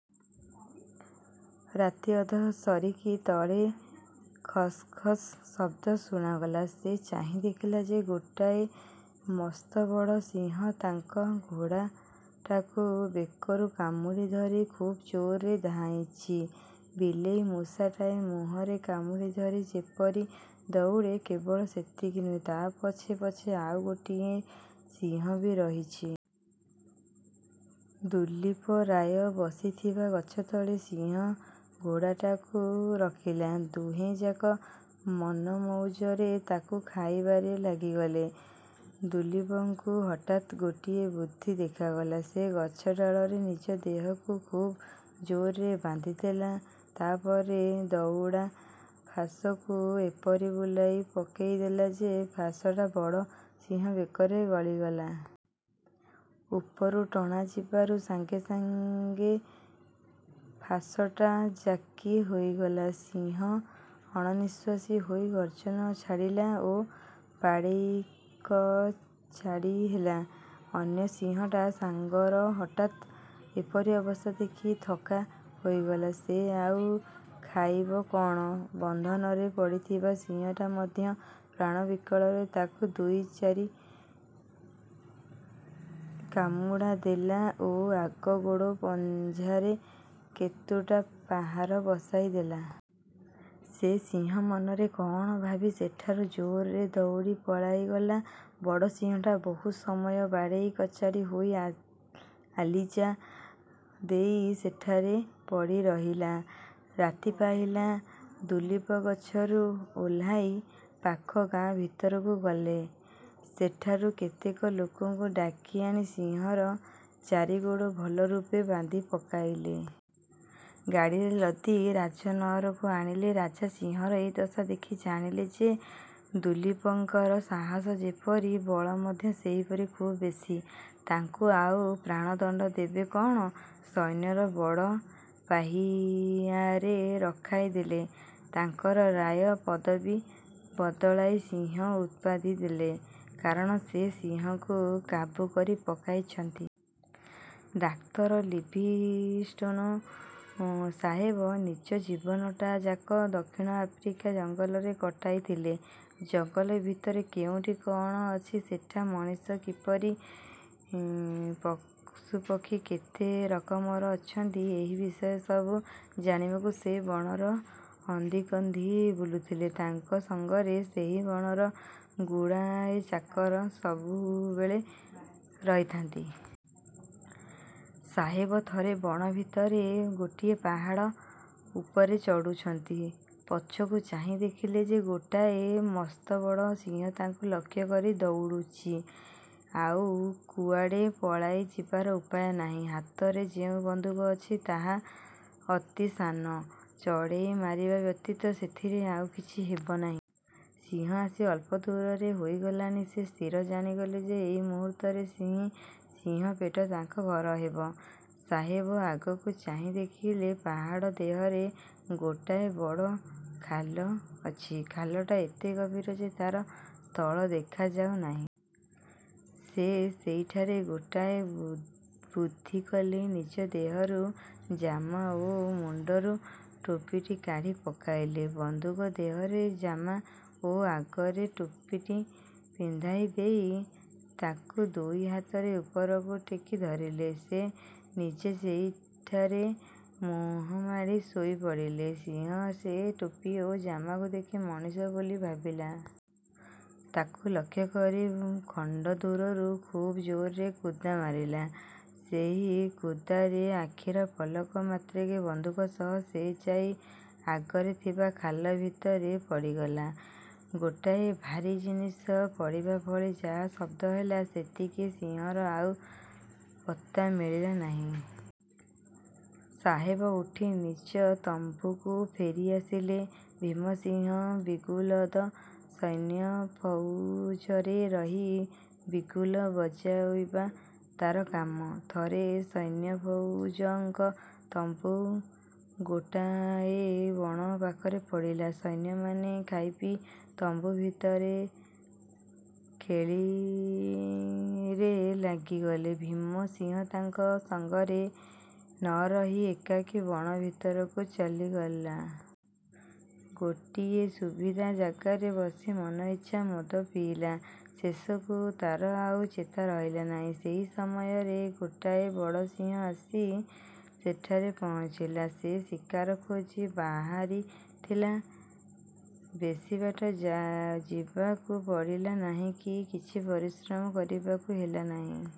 ରାତି ଅଧ ସରିକି ତଳେ ଖସ୍ଖସ୍ ଶବ୍ଦ ଶୁଣାଗଲା। ସେ ଚାହିଁ ଦେଖିଲେ ଯେ, ଗୋଟାଏ ମସ୍ତବଡ଼ ସିଂହ ତାଙ୍କ ଘୋଡ଼ାଟାକୁ ବେକରୁ କାମୁଡ଼ି ଧରି ଖୁବ ଜୋରରେ ଧାଇଁଛି-ବିଲେଇ ମୂଷାଟାଏ ମୁହଁରେ କାମୁଡ଼ି ଧରି ଯେପରି ଦଉଡ଼େ। କେବଳ ସେତିକି ନୁହେଁ, ତା' ପଛେ ପଛେ ଆଉ ଗୋଟାଏ ସିଂହ ବି ରହିଛି। ଦୁଲୀପ ରାୟ ବସିଥିବା ଗଛତଳେ ସିଂହ ଘୋଡ଼ାଟାକୁ ରଖିଲା। ଦୁହେଁଯାକ ମନମଉଜରେ ତାକୁ ଖାଇବାରେ ଲାଗିଗଲେ। ଦୁଲୀପଙ୍କୁ ହଠାତ୍ ଗୋଟାଏ ବୁଦ୍ଧି ଦେଖାଗଲା। ସେ ଗଛ ଡାଳରେ ନିଜ ଦେହକୁ ଖୁବ୍ ଜୋରରେ ବାନ୍ଧିଦେଲେ। ତା'ପରେ ଦଉଡ଼ା ଫାଶକୁ ଏପରି ବୁଲାଇ ପକାଇଦେଲେ ଯେ, ଫାଶଟା ବଡ଼ ସିଂହ ବେକରେ ଗଳିଗଲା। ଉପରୁ ଟଣା ଯିବାରୁ ସାଙ୍ଗେ ସାଙ୍ଗେ ଫାଶଟା ଜାକି ହୋଇଗଲା-। ସିଂହ ଅଣନିଃଶ୍ଵାସୀ ହୋଇ ଗର୍ଜନ ଛାଡ଼ିଲା ଓ ବାଡ଼େଇକଚାଡ଼ି ହେଲା। ଅନ୍ୟ ସିଂହଟା ସାଙ୍ଗର ହଠାତ୍ ଏପରି ଅବସ୍ଥା ଦେଖି ଥକା ହୋଇଗଲା। ସେ ଆଉ ଖାଇବ କଅଣ? ବନ୍ଧନରେ ପଡ଼ିଥିବା ସିଂହଟା ମଧ୍ୟ ପ୍ରାଣବିକଳରେ ତାକୁ ଦୁଇ ଚାରି କାମୁଡ଼ା ଦେଲା ଓ ଆଗ ଗୋଡ଼ ପଞ୍ଝାରେ କେତୁଟା ପାହାର ବସାଇ ଦେଲା। ସେ ସିଂହ ମନରେ କଅଣ ଭାବି ସେଠାରୁ ଜୋରରେ ଦଉଡ଼ି ପଳାଇଗଲା। ବଡ଼ ସିଂହଟା ବହୁ ସମୟ ବାଡ଼େଇ କଚାଡ଼ି ହୋଇ ଆଲିଜା ଦେଇ ସେଠାରେ ପଡ଼ିରହିଲା। ରାତି ପାହିଲା, ଦୁଲୀପ ଗଛରୁ ଓହ୍ଲାଇ ପାଖ ଗାଁ ଭିତରକୁ ଗଲେ। ସେଠାରୁ କେତେକ ଲୋକଙ୍କୁ ଡାକିଆଣି ସିଂହର ଚାରି ଗୋଡ଼ ଭଲ ରୂପେ ବାନ୍ଧି ପକାଇଲେ। ଗାଡ଼ିରେ ଲଦି ରାଜନଅରକୁ ଆଣିଲେ। ରାଜା ସିଂହର ଏ ଦଶା ଦେଖି ଜାଣିଲେ ଯେ, ଦୁଲୀପଙ୍କର ସାହସ ଯେପରି, ବଳ ମଧ୍ୟ ସେହିପରି ଖୁବ୍ ବେଶୀ। ତାଙ୍କୁ ଆଉ ପ୍ରାଣଦଣ୍ଡ ଦେବେ କଅଣ; ସୈନ୍ୟର ବଡ଼ ପାହିଆରେ ରଖାଇ ଦେଲେ। ତାଙ୍କର ''ରାୟ'' ପଦବୀ ବଦଳାଇ ''ସିଂହ'' ଉପାଧି ଦେଲେ-କାରଣ ସେ ସିଂହକୁ କାବୁ କରି ପକାଇଛନ୍ତି। ଡାକ୍ତର ଲିଭିଂଷ୍ଟୋନ ସାହେବ ନିଜ ଜୀବନଟାଯାକ ଦକ୍ଷିଣ ଆଫ୍ରିକା ଜଙ୍ଗଲରେ କଟାଇଥିଲେ। ଜଙ୍ଗଲ ଭିତରେ କେଉଁଠି କଅଣ ଅଛି, ସେଠା ମଣିଷ କିପରି, ପଶୁପକ୍ଷୀ କେତେ ରକମର ଅଛନ୍ତି-ଏହି ବିଷୟସବୁ ଜାଣିବାକୁ ସେ ବଣର ଅନ୍ଦିକନ୍ଦି ବୁଲୁଥିଲେ। ତାଙ୍କ ସଙ୍ଗରେ ସେହି ବଣର ଗୁଡ଼ିଏ ଚାକର ସବୁବେଳେ ରହିଥାନ୍ତି। ସାହେବ ଥରେ ବଣ ଭିତରେ ଗୋଟିଏ ପାହାଡ଼ ଉପରେ ଚଢ଼ୁଛନ୍ତି-ପଛକୁ ଚାହିଁ ଦେଖିଲେ ଯେ, ଗୋଟାଏ ମସ୍ତବଡ଼ ସିଂହ ତାଙ୍କୁ ଲକ୍ଷ୍ୟ କରି ଦଉଡ଼ୁଛି। ଆଉ କୁଆଡ଼େ ପଳାଇ ଯିବାର ଉପାୟ ନାହିଁ। ହାତରେ ଯେଉଁ ବନ୍ଧୁକ ଅଛି, ତାହା ଅତି ସାନ-ଚଢ଼େଇ ମାରିବା ବ୍ୟତୀତ ସେଥିରେ ଆଉ କିଛି ହେବ ନାହିଁ। ସିଂହ ଆସି ଅଳ୍ପ ଦୂରରେ ହୋଇଗଲାଣି। ସେ ସ୍ଥିର ଜାଣିଗଲେ ଯେ, ଏଇ ମୁହୂର୍ତ୍ତରେ ହିଁ ସିଂହ ପେଟ ତାଙ୍କ ଘର ହେବ। ସାହେବ ଆଗକୁ ଚାହିଁ ଦେଖିଲେ; ପାହାଡ଼ ଦେହରେ ଗୋଟାଏ ବଡ଼ ଖାଲ ଅଛି। ଖାଲଟା ଏତେ ଗହୀର ଯେ, ତା'ର ତଳ ଦେଖାଯାଉନାହିଁ। ସେ ସେଇଠାରେ ଗୋଟାଏ ବୁଦ୍ଧି କଲେ। ନିଜ ଦେହରୁ ଜାମା ଓ ମୁଣ୍ଡରୁ ଟୋପିଟି କାଢ଼ି ପକାଇଲେ। ବନ୍ଧୁକ ଦେହରେ ଜାମା ଓ ଅଗରେ ଟୋପିଟି ପିନ୍ଧାଇ ଦେଇ ତାକୁ ଦୁଇ ହାତରେ ଉପରକୁ ଟେକି ଧଇଲେ। ସେ ନିଜେ ସେଠାରେ ମୁହଁମାଡ଼ି ଶୋଇପଡ଼ିଲେ। ସିଂହ ସେ ଟୋପି ଓ ଜାମାକୁ ଦେଖି ମଣିଷ ବୋଲି ଭାବିଲା। ତାକୁ ଲକ୍ଷ୍ୟକରି ଖଣ୍ଡଦୂରରୁ ଖୁବ୍ ଜୋରରେ କୁଦା ମାରିଲା। ସେହି କୁଦାରେ ଆଖିର ପଲକ ମାତ୍ରକେ ବନ୍ଧୁକ ସହ ସେ ଯାଇ ଆଗରେ ଥିବା ଖାଲ ଭିତରେ ପଡ଼ିଗଲା। ଗୋଟାଏ ଭାରୀ ଜିନିଷ ପଡ଼ିବାଭଳି ଯାହା ଶବ୍ଦ ହେଲା, ସେତିକି-ସିଂହର ଆଉ ପତ୍ତା ମିଳିଲା ନାହିଁ। ସାହେବ ଉଠି ନିଜ ତମ୍ବୁକୁ ଫେରିଆସିଲେ। ଭୀମସିଂହ ବିଗୁଲଦ। ସୈନ୍ୟଫଉଜରେ ରହି ବିଗୁଲ୍ ବଜାଇବା ତା'ର କାମ। ଥରେ ସୈନ୍ୟଫଉଜଙ୍କ ତମ୍ବୁ ଗୋଟାଏ ବଣ ପାଖରେ ପଡ଼ିଲା। ସୈନ୍ୟମାନେ ଖାଇପିଇ ତମ୍ବୁ ଭିତରେ ଖେଳରେ ଲାଗିଗଲେ। ଭୀମ ସିଂହ ତାଙ୍କ ସଙ୍ଗରେ ନ ରହି ଏକାକୀ ବଣ ଭିତରକୁ ଚାଲିଗଲା। ଗୋଟିଏ ସୁବିଧା ଜାଗାରେ ବସି ମନଇଚ୍ଛା ମଦ ପିଇଲା। ଶେଷକୁ ତା'ର ଆଉ ଚେତା ରହିଲା ନାହିଁ। ସେହି ସମୟରେ ଗୋଟାଏ ବଡ଼ ସିଂହ ଆସି ସେଠାରେ ପହଞ୍ଚିଲା। ସେ ଶିକାର ଖୋଜି ବାହାରିଥିଲା। ବେଶୀ ବାଟ ଯିବାକୁ ପଡ଼ିଲା ନାହିଁ କି କିଛି ପରିଶ୍ରମ କରିବାକୁ ହେଲା ନାହିଁ-।